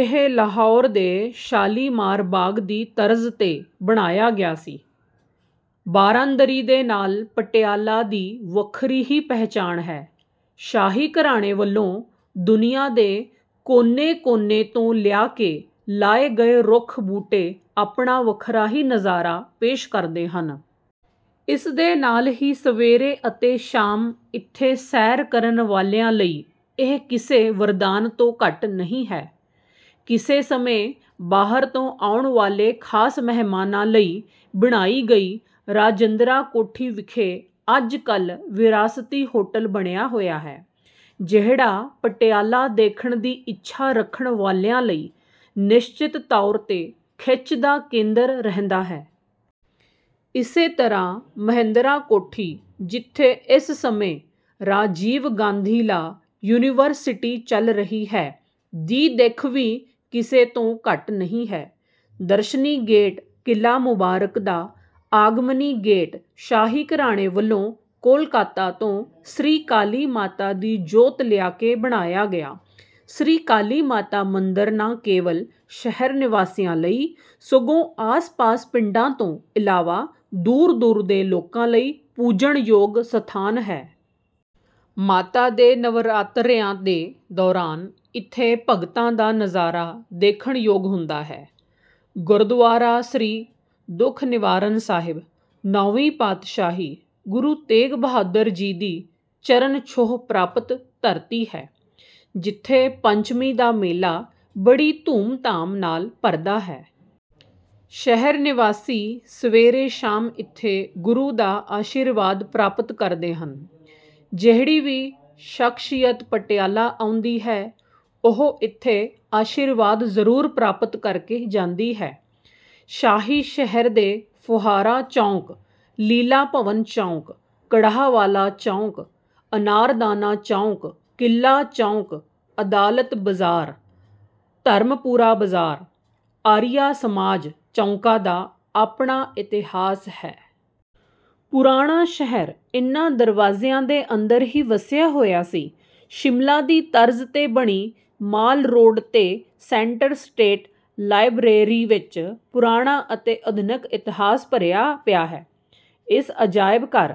ਇਹ ਲਾਹੌਰ ਦੇ ਸ਼ਾਲੀਮਾਰ ਬਾਗ ਦੀ ਤਰਜ਼ 'ਤੇ ਬਣਾਇਆ ਗਿਆ ਸੀ। ਬਾਰਾਂਦਰੀ ਦੇ ਨਾਲ ਪਟਿਆਲਾ ਦੀ ਵੱਖਰੀ ਹੀ ਪਹਿਚਾਣ ਹੈ। ਸ਼ਾਹੀ ਘਰਾਣੇ ਵੱਲੋਂ ਦੁਨੀਆਂ ਦੇ ਕੋਨੇ- ਕੋਨੇ ਤੋਂ ਲਿਆ ਕੇ ਲਾਏ ਗਏ ਰੁੱਖ ਬੂਟੇ ਆਪਣਾ ਵੱਖਰਾ ਹੀ ਨਜ਼ਾਰਾ ਪੇਸ਼ ਕਰਦੇ ਹਨ। ਇਸ ਦੇ ਨਾਲ ਹੀ ਸਵੇਰੇ ਅਤੇ ਸ਼ਾਮ ਇਥੇ ਸੈਰ ਕਰਨ ਵਾਲਿਆਂ ਲਈ ਇਹ ਕਿਸੇ ਵਰਦਾਨ ਤੋਂ ਘੱਟ ਨਹੀਂ ਹੈ। ਕਿਸੇ ਸਮੇਂ ਬਾਹਰ ਤੋਂ ਆਉਣ ਵਾਲੇ ਖਾਸ ਮਹਿਮਾਨਾਂ ਲਈ ਬਣਾਈ ਗਈ ਰਾਜਿੰਦਰਾ ਕੋਠੀ ਵਿਖੇ ਅੱਜ ਕੱਲ੍ਹ ਵਿਰਾਸਤੀ ਹੋਟਲ ਬਣਿਆ ਹੋਇਆ ਹੈ, ਜਿਹੜਾ ਪਟਿਆਲਾ ਦੇਖਣ ਦੀ ਇੱਛਾ ਰੱਖਣ ਵਾਲਿਆਂ ਲਈ ਨਿਸ਼ਚਿਤ ਤੌਰ 'ਤੇ ਖਿੱਚ ਦਾ ਕੇਂਦਰ ਰਹਿੰਦਾ ਹੈ। ਇਸੇ ਤਰ੍ਹਾਂ ਮਹਿੰਦਰਾ ਕੋਠੀ ਜਿਥੇ ਇਸ ਸਮੇਂ ਰਾਜੀਵ ਗਾਂਧੀ ਲਾਅ ਯੂਨੀਵਰਸਿਟੀ ਚੱਲ ਰਹੀ ਹੈ, ਦੀ ਦਿੱਖ ਵੀ ਕਿਸੇ ਤੋਂ ਘੱਟ ਨਹੀਂ ਹੈ। ਦਰਸ਼ਨੀ ਗੇਟ ਕਿਲ੍ਹਾ ਮੁਬਾਰਕ ਦਾ ਆਗਮਨੀ ਗੇਟ ਸ਼ਾਹੀ ਘਰਾਣੇ ਵੱਲੋਂ ਕੋਲਕਾਤਾ ਤੋਂ ਸ੍ਰੀ ਕਾਲੀ ਮਾਤਾ ਦੀ ਜੋਤ ਲਿਆ ਕੇ ਬਣਾਇਆ ਗਿਆ ਸ੍ਰੀ ਕਾਲੀ ਮਾਤਾ ਮੰਦਰ ਨਾ ਕੇਵਲ ਸ਼ਹਿਰ ਨਿਵਾਸੀਆਂ ਲਈ, ਸਗੋਂ ਆਸ ਪਾਸ ਪਿੰਡਾਂ ਤੋਂ ਇਲਾਵਾ ਦੂਰ ਦੂਰ ਦੇ ਲੋਕਾਂ ਲਈ ਪੂਜਣਯੋਗ ਸਥਾਨ ਹੈ। ਮਾਤਾ ਦੇ ਨਵਰਾਤਰਿਆਂ ਦੇ ਦੌਰਾਨ ਇਥੇ ਭਗਤਾਂ ਦਾ ਨਜ਼ਾਰਾ ਦੇਖਣਯੋਗ ਹੁੰਦਾ ਹੈ। ਗੁਰਦੁਆਰਾ ਸ੍ਰੀ ਦੁੱਖ ਨਿਵਾਰਨ ਸਾਹਿਬ ਨੌਵੀਂ ਪਾਤਸ਼ਾਹੀ ਗੁਰੂ ਤੇਗ ਬਹਾਦੁਰ ਜੀ ਦੀ ਚਰਨ ਛੋਹ ਪ੍ਰਾਪਤ ਧਰਤੀ ਹੈ, ਜਿੱਥੇ ਪੰਚਮੀ ਦਾ ਮੇਲਾ ਬੜੀ ਧੂਮ ਧਾਮ ਨਾਲ ਭਰਦਾ ਹੈ। ਸ਼ਹਿਰ ਨਿਵਾਸੀ ਸਵੇਰੇ-ਸ਼ਾਮ ਇਥੇ ਗੁਰੂ ਦਾ ਆਸ਼ੀਰਵਾਦ ਪ੍ਰਾਪਤ ਕਰਦੇ ਹਨ। ਜਿਹੜੀ ਵੀ ਸ਼ਖਸ਼ੀਅਤ ਪਟਿਆਲਾ ਆਉਂਦੀ ਹੈ, ਉਹ ਇਥੇ ਆਸ਼ੀਰਵਾਦ ਜ਼ਰੂਰ ਪ੍ਰਾਪਤ ਕਰਕੇ ਜਾਂਦੀ ਹੈ। ਸ਼ਾਹੀ ਸ਼ਹਿਰ ਦੇ ਫੁਹਾਰਾ ਚੌਂਕ, ਲੀਲਾ ਭਵਨ ਚੌਂਕ, ਕੜਾਹ ਵਾਲਾ ਚੌਂਕ, ਅਨਾਰਦਾਨਾ ਚੌਂਕ, ਕਿਲ੍ਹਾ ਚੌਂਕ, ਅਦਾਲਤ ਬਜ਼ਾਰ, ਧਰਮਪੁਰਾ ਬਜ਼ਾਰ, ਆਰੀਆ ਸਮਾਜ ਚੌਕਾਂ ਦਾ ਆਪਣਾ ਇਤਿਹਾਸ ਹੈ। ਪੁਰਾਣਾ ਸ਼ਹਿਰ ਇਨ੍ਹਾਂ ਦਰਵਾਜ਼ਿਆਂ ਦੇ ਅੰਦਰ ਹੀ ਵਸਿਆ ਹੋਇਆ ਸੀ। ਸ਼ਿਮਲਾ ਦੀ ਤਰਜ਼ 'ਤੇ ਬਣੀ ਮਾਲ ਰੋਡ 'ਤੇ ਸੈਂਟਰ ਸਟੇਟ ਲਾਇਬਰੇਰੀ ਵਿਚ ਪੁਰਾਣਾ ਅਤੇ ਅਧੁਨਿਕ ਇਤਿਹਾਸ ਭਰਿਆ ਪਿਆ ਹੈ। ਇਸ ਅਜਾਇਬਘਰ,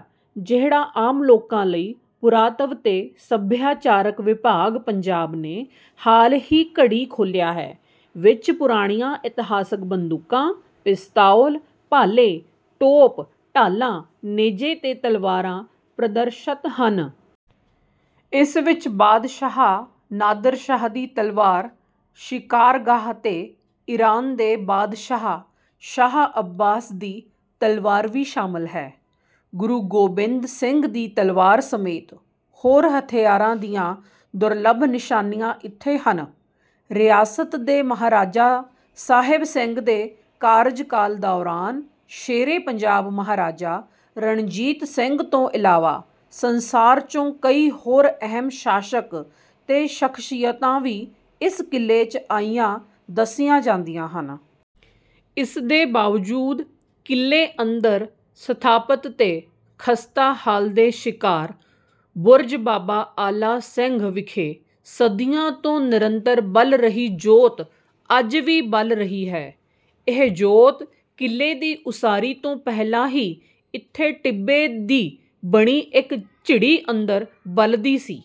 ਜਿਹੜਾ ਆਮ ਲੋਕਾਂ ਲਈ ਪੁਰਾਤਵ ਤੇ ਸੱਭਿਆਚਾਰਕ ਵਿਭਾਗ ਪੰਜਾਬ ਨੇ ਹਾਲ ਦੀ ਘੜੀ ਖੋਲ੍ਹਿਆ ਹੈ, ਵਿੱਚ ਪੁਰਾਣੀਆਂ ਇਤਿਹਾਸਕ ਬੰਦੂਕਾਂ, ਪਿਸਤੌਲ, ਭਾਲੇ, ਟੋਪ, ਢਾਲਾਂ, ਨੇਜੇ ਤੇ ਤਲਵਾਰਾਂ ਪ੍ਰਦਰਸ਼ਿਤ ਹਨ। ਇਸ ਵਿੱਚ ਬਾਦਸ਼ਾਹ ਨਾਦਰਸ਼ਾਹ ਦੀ ਤਲਵਾਰ 'ਸ਼ਿਕਾਰਗਾਹ' ਤੇ ਈਰਾਨ ਦੇ ਬਾਦਸ਼ਾਹ ਸ਼ਾਹ ਅੱਬਾਸ ਦੀ ਤਲਵਾਰ ਵੀ ਸ਼ਾਮਲ ਹੈ। ਗੁਰੂ ਗੋਬਿੰਦ ਸਿੰਘ ਦੀ ਤਲਵਾਰ ਸਮੇਤ ਹੋਰ ਹਥਿਆਰਾਂ ਦੀਆਂ ਦੁਰਲੱਭ ਨਿਸ਼ਾਨੀਆਂ ਇੱਥੇ ਹਨ। ਰਿਆਸਤ ਦੇ ਮਹਾਰਾਜਾ ਸਾਹਿਬ ਸਿੰਘ ਦੇ ਕਾਰਜਕਾਲ ਦੌਰਾਨ ਸ਼ੇਰੇ ਪੰਜਾਬ ਮਹਾਰਾਜਾ ਰਣਜੀਤ ਸਿੰਘ ਤੋਂ ਇਲਾਵਾ ਸੰਸਾਰ 'ਚੋਂ ਕਈ ਹੋਰ ਅਹਿਮ ਸ਼ਾਸਕ ਤੇ ਸ਼ਖਸੀਅਤਾਂ ਵੀ ਇਸ ਕਿਲ੍ਹੇ 'ਚ ਆਈਆਂ ਦੱਸੀਆਂ ਜਾਂਦੀਆਂ ਹਨ। ਇਸ ਦੇ ਬਾਵਜੂਦ ਕਿਲ੍ਹੇ ਅੰਦਰ ਸਥਾਪਿਤ ਤੇ ਖਸਤਾ ਹਾਲ ਦੇ ਸ਼ਿਕਾਰ 'ਬੁਰਜ ਬਾਬਾ ਆਲਾ ਸਿੰਘ' ਵਿਖੇ ਸਦੀਆਂ ਤੋਂ ਨਿਰੰਤਰ ਬਲ ਰਹੀ ਜੋਤ ਅੱਜ ਵੀ ਬਲ ਰਹੀ ਹੈ। ਇਹ ਜੋਤ ਕਿਲ੍ਹੇ ਦੀ ਉਸਾਰੀ ਤੋਂ ਪਹਿਲਾਂ ਹੀ ਇਥੇ ਟਿੱਬੇ ਦੀ ਬਣੀ ਇੱਕ ਝਿੜੀ ਅੰਦਰ ਬਲਦੀ ਸੀ।